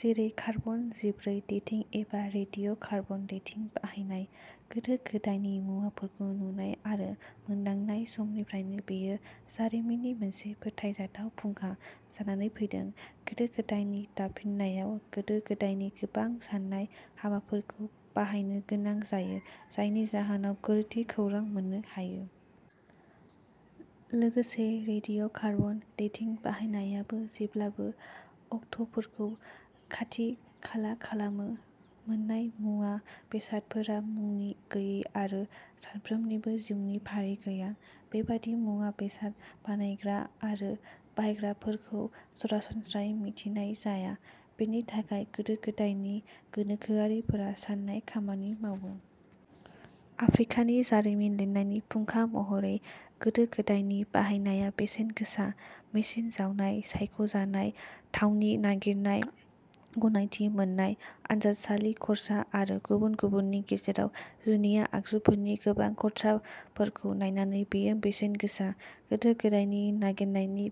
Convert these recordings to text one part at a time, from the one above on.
जेरै कार्बन जिब्रै डेटिं एबा रेडिय' कार्बन डेटिं बाहायनाय। गोदो-गोदायनि मुवाफोरखौ नुनाय आरो मोनदांनाय समनिफ्रायनो बेयो जारिमिननि मोनसे फोथायजाथाव फुंखा जानानै फैदों। गोदो गोदायनि दाफिननायाव गोदो गोदायनि गोबां सान्नाय हाबाफोरखौ बाहायनो गोनां जायो जायनि जाहोनाव गोरोन्थि खौरां मोननो हायो। लोगोसे रेडिय' कार्बन डेटिं बाहायनायाबो जेब्लाबो अक्ट'फोरखौ खाथि खाला खालामो। मोन्नाय मुवा बेसादफोरा मुं गोयि आरो सानफ्रोमबोनि जिउनि फारि गैया। बेबादि मुवा बेसाद बानायग्रा आरो बाहायग्राफोरखौ सरासनस्रायै मिथिनाय जाया। बेनि थाखाय गोदो गोदायनि गोनोखोआरिफोरा सान्नाय खामानि मावो। आफ्रिकानि जारिमिन लिरनायनि फुंखा महरै गोदो गोदायनि बाहायनाया बेसेन गोसा। मेसिन जावनाय सायख'जानाय थावनि नागिरनाय गनायथि मोन्नाय आनजादसालि खर्सा आरो गुबुन गुबुननि गेजेराव जुनिया आगजुफोरनि गोबां खर्साफोरखौ नायनानै बेयो बेसेन गोसा। गोदो गोदायनि नागिरनायनि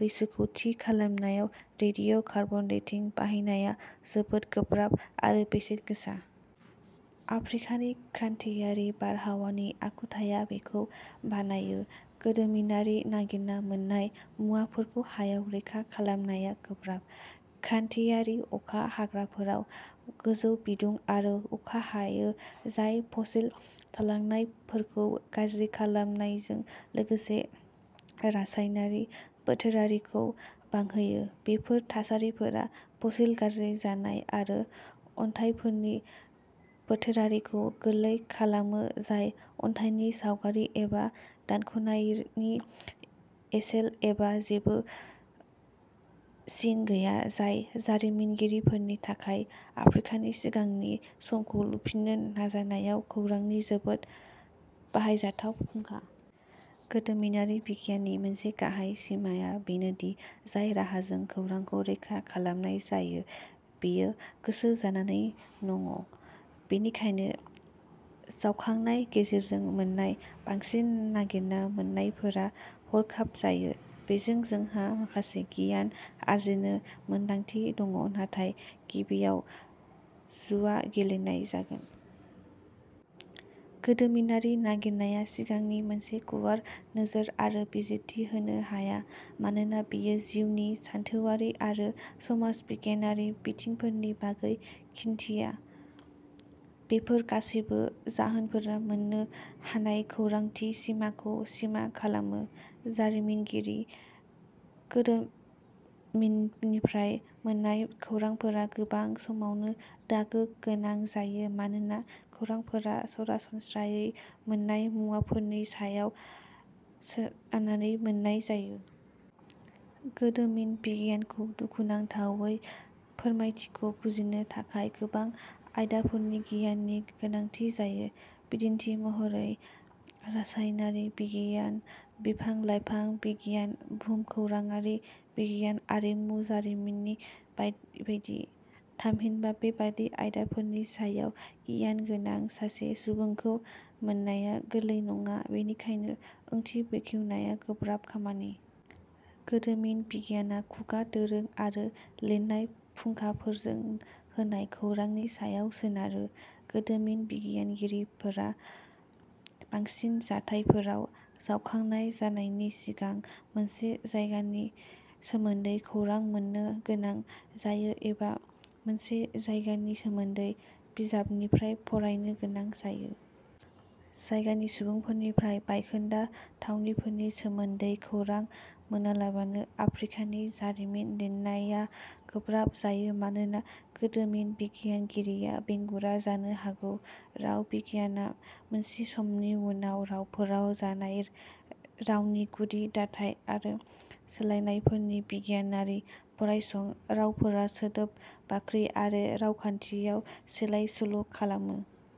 बैसोखौ थि खालामनायाव रेडिय'कार्बन डेटिं बाहायनाया जोबोद गोब्राब आरो बेसेन गोसा। आफ्रिकानि क्रान्तियारि बारहावानि आखुथाया बेखौ बानायो। गोदोमिनारि नागिरना मोन्नाय मुवाफोरखौ हायाव रैखा खालामनाया गोब्राब। क्रान्तियारि अखा हाग्राफोराव गोजौ बिदुं आरो अखा हायो जाय फसिल थालांनायफोरखौ गाज्रि खालामनायजों लोगोसे रासायनारि बोथोरारिखौ बांहोयो। बेफोर थासारिफोरा फसिल गाज्रि जानाय आरो अन्थाइफोरनि बोथोरारिखौ गोरलै खालामो जाय अन्थाइनि सावगारि एबा दानख'नायनि एसेल एबा जेबो सिन गैया जाय जारिमिनगिरिफोरनि थाखाय आफ्रिकानि सिगांनि समखौ लुफिननो नाजानायाव खौरांनि जोबोद बाहायजाथाव फुंखा। गोदोमिनारि बिगियाननि मोनसे गाहाय सिमाआ बेनो दि जाय राहाजों खौरांखौ रैखा खालामनाय जायो बेयो गोसो जानानै नङ बेनिखायनो जावखांनाय गेजेरजों मोन्नाय बांसिन नागिरना मोन्नायफोरा हरखाब जायो। बेजों जोंहा माखासे गियान आरजिनो मोनदांथि दङ नाथाय गिबियाव'जुवा गेलेनाय जागोन। गोदोमिनारि नागिरनाया सिगांनि मोनसे गुवार नोजोर आरो बिजिरथि होनो हाया मानोना बेयो जिउनि सानथौआरि आरो समाज बिगियानारि बिथिंफोरनि बागै खिन्थिया। बेफोर गासैबो जाहोनफोरा मोननो हानाय खौरांथि सिमाखौ सिमा खालामो। जारिमिनगिरि। गोदोमिननिफ्राय मोन्नाय खौरांफोरा गोबां समावनो दागो गोनां जायो मानोना खौरांफोरा सरासनस्रायै मोन्नाय मुवाफोरनि सायाव सोनारनानै मोन्नाय जायो। गोदोमिन बिगियानखौ दुखुनांथावै फोरमायथिखौ बुजिनो थाखाय गोबां आयदाफोरनि गियाननि गोनांथि जायो। बिदिन्थि महरै रासायनारि बिगियान बिफां लाइफां बिगियान भुमखौराङारि बिगियान आरिमु जारिमिन बायदि बायदि। थामहिनबा बेबादि आयदाफोरनि सायाव गियान गोनां सासे सुबुंखौ मोननाया गोरलै नङा बेनिखायनो ओंथि बेखेवनाया गोब्राब खामानि। गोदोमिन बिगियानआ खुगा दोरों आरो लिरनाय फुंखाफोरजों होनाय खौरांनि सायाव सोनारो। गोदोमिन बिगियानगिरिफोरा बांसिन जाथायफोराव जावखांनाय जानायनि सिगां मोनसे जायगानि सोमोन्दै खौरां मोन्नो गोनां जायो एबा मोनसे जायगानि सोमोन्दै बिजाबनिफ्राय फरायनो गोनां जायो। जायगानि सुबुंफोरनिफ्राय बायखोन्दा थावनिफोरनि सोमोन्दै खौरां मोनालाबानो आफ्रिकानि जारिमिन लिरनाया गोब्राब जायो मानोना गोदोमिन बिगियानगिरिया बेंगुरा जानो हागौ। राव बिगियानआ मोनसे समनि उनाव रावफोराव जानाय रावनि गुदि दाथाय आरो सोलायनायफोरनि बिगियानारि फरायसं। रावफोरा सोदोब बाख्रि आरो रावखान्थियाव सोलाय सोल'खालामो।